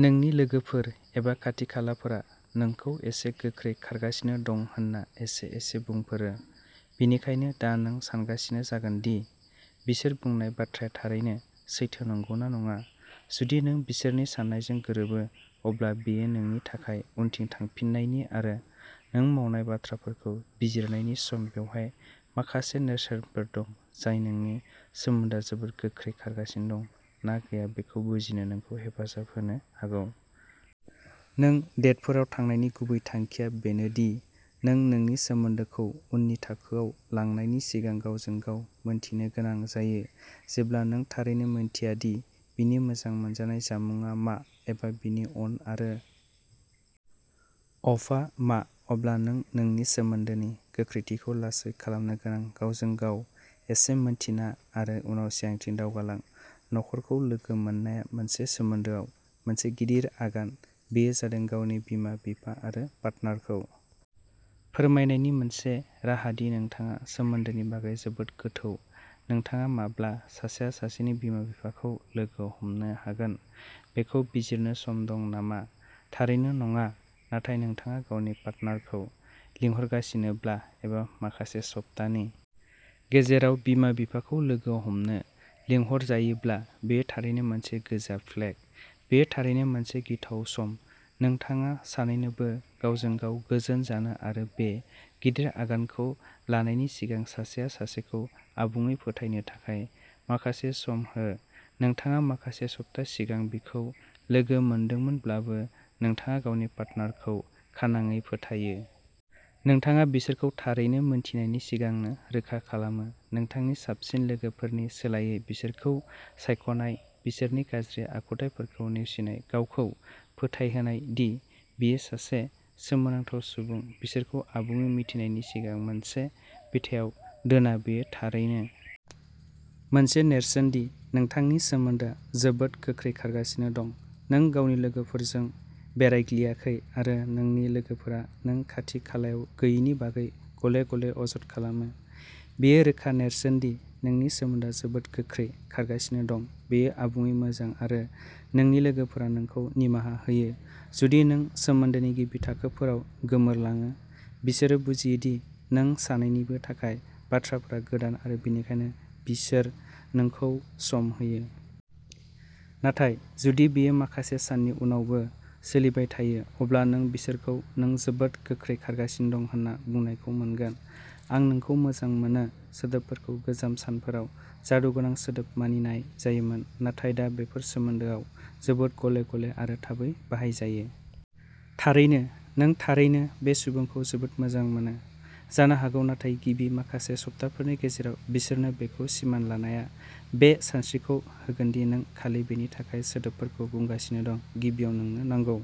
नोंनि लोगोफोर एबा खाथि खालाफोरा नोंखौ एसे गोख्रै खारगासिनो दं होन्ना एसे एसे बुंफोरो बेनिखायनो दा नों सानगासिनो जागोन दि बिसोर बुंनाय बाथ्राया थारैनो सैथो नंगौना नङा जुदि नों बिसोरनि साननायजों गोरोबो अब्ला बेयो नोंनि थाखाय उनथिं थांफिननायनि आरो नों मावनाय बाथ्राफोरखौ बिजिरनायनि सम बेवहाय माखासे नेरसोनफोर दं जाय नोंनि सोमोन्दोआ जोबोद गोख्रै खारगासिनो दं ना गैया बेखौ बुजिनो नोंखौ हेफाजाब होनो हागौ। नों डेटफोराव थांनायनि गुबै थांखिया बेनो दि नों नोंनि सोमोन्दोखौ उननि थाखोआव लांनायनि सिगां गावजों गाव मिन्थिनो गोनां जायो जेब्ला नों थारैनो मिन्थिया दि बिनि मोजां मोनजानाय जामुंआ मा एबा बिनि अन आरो अफआ मा अब्ला नों नोंनि सोमोन्दोनि गोख्रैथिखौ लासै खालामनो गोनां गावजों गाव एसे मिन्थिना आरो उनाव सिगांथिं दावगालां नखरखौ लोगो मोननाया मोनसे सोमोन्दोआव मोनसे गिदिर आगान बेयो जादों गावनि बिमा बिफा आरो पार्टनारखौ फोरमायनायनि मोनसे राहा दि नोंथाङा सोमोन्दोनि बागै जोबोद गोथौ नोंथाङा माब्ला सासेया सासेनि बिमा बिफाखौ लोगो हमनो हागोन बेखौ बिजिरनो सम दं नामा थारैनो नङा नाथाय नोंथाङा गावनि पार्टनारखौ लिंहरगासिनोब्ला एबा माखासे सप्तानि गेजेराव बिमा बिफाखौ लोगो हमनो लिंहरजायोब्ला बेयो थारैनो मोनसे गोजा प्लेग बेयो थारैनो मोनसे गिथाव सम नोंथाङा सानैनोबो गावजों गाव गोजोन जानो आरो बे गिदिर आगानखौ लानायनि सिगां सासेया सासेखौ आबुङै फोथायनो थाखाय माखासे सम हो नोंथाङा माखासे सप्ता सिगां बिखौ लोगो मोनदोंमोनब्लाबो नोंथाङा गावनि पार्टनारखौ खानाङै फोथायो। नोंथाङा बिसोरखौ थारैनो मोनथिनायनि सिगांनो रोखा खालामो नोंथांनि साबसिन लोगोफोरनि सोलायै बिसोरखौ सायख'नाय बिसोरनि गाज्रि आखुथाइफोरखौ नेवसिनाय गावखौ फोथायहोनाय दि बियो सासे सोमोनांथाव सुबुं बिसोरखौ आबुङै मिथिनायनि सिगां मोनसे बिथायाव दोना बेयो थारैनो मोनसे नेरसोन दि नोंथांनि सोमोन्दोआ जोबोद गोख्रै खारगासिनो दं नों गावनि लोगोफोरजों बेरायग्लियाखै आरो नोंनि लोगोफोरा नों खाथि खालायाव गैयैनि बागै गले गले अजद खालामो बेयो रोखा नेरसोन दि नोंनि सोमोन्दोआ जोबोद गोख्रै खारगासिनो दं बेयो आबुङै मोजां आरो नोंनि लोगोफोरा नोंखौ निमाहा होयो जुदि नों सोमोन्दोनि गिबि थाखोफोराव गोमोरलाङो बिसोरो बुजियो दि नों सानैनिबो थाखाय बाथ्राफोरा गोदान आरो बेनिखायनो बिसोर नोंखौ सम होयो। नाथाय जुदि बेयो माखासे साननि उनावबो सोलिबाय थायो अब्ला नों बिसोरखौ नों जोबोद गोख्रै खारगासिनो दं होनना बुंनायखौ मोनगोन। आं नोंखौ मोजां मोनो'सोदोबफोरखौ गोजाम सानफोराव जादुगोनां सोदोब मानिनाय जायोमोन नाथाय दा बेफोर सोमोन्दोआव जोबोद गले गले आरो थाबै बाहायजायो। थारैनो नों थारैनो बे सुबुंखौ जोबोद मोजां मोनो जानो हागौ नाथाय गिबि माखासे सप्ताफोरनि गेजेराव बिसोरनो बेखौ सिमान लानाया बे सानस्रिखौ होगोन दि नों खालि बेनि थाखाय सोदोबफोरखौ बुंगासिनो दं गिबियाव नोंनो नांगौ।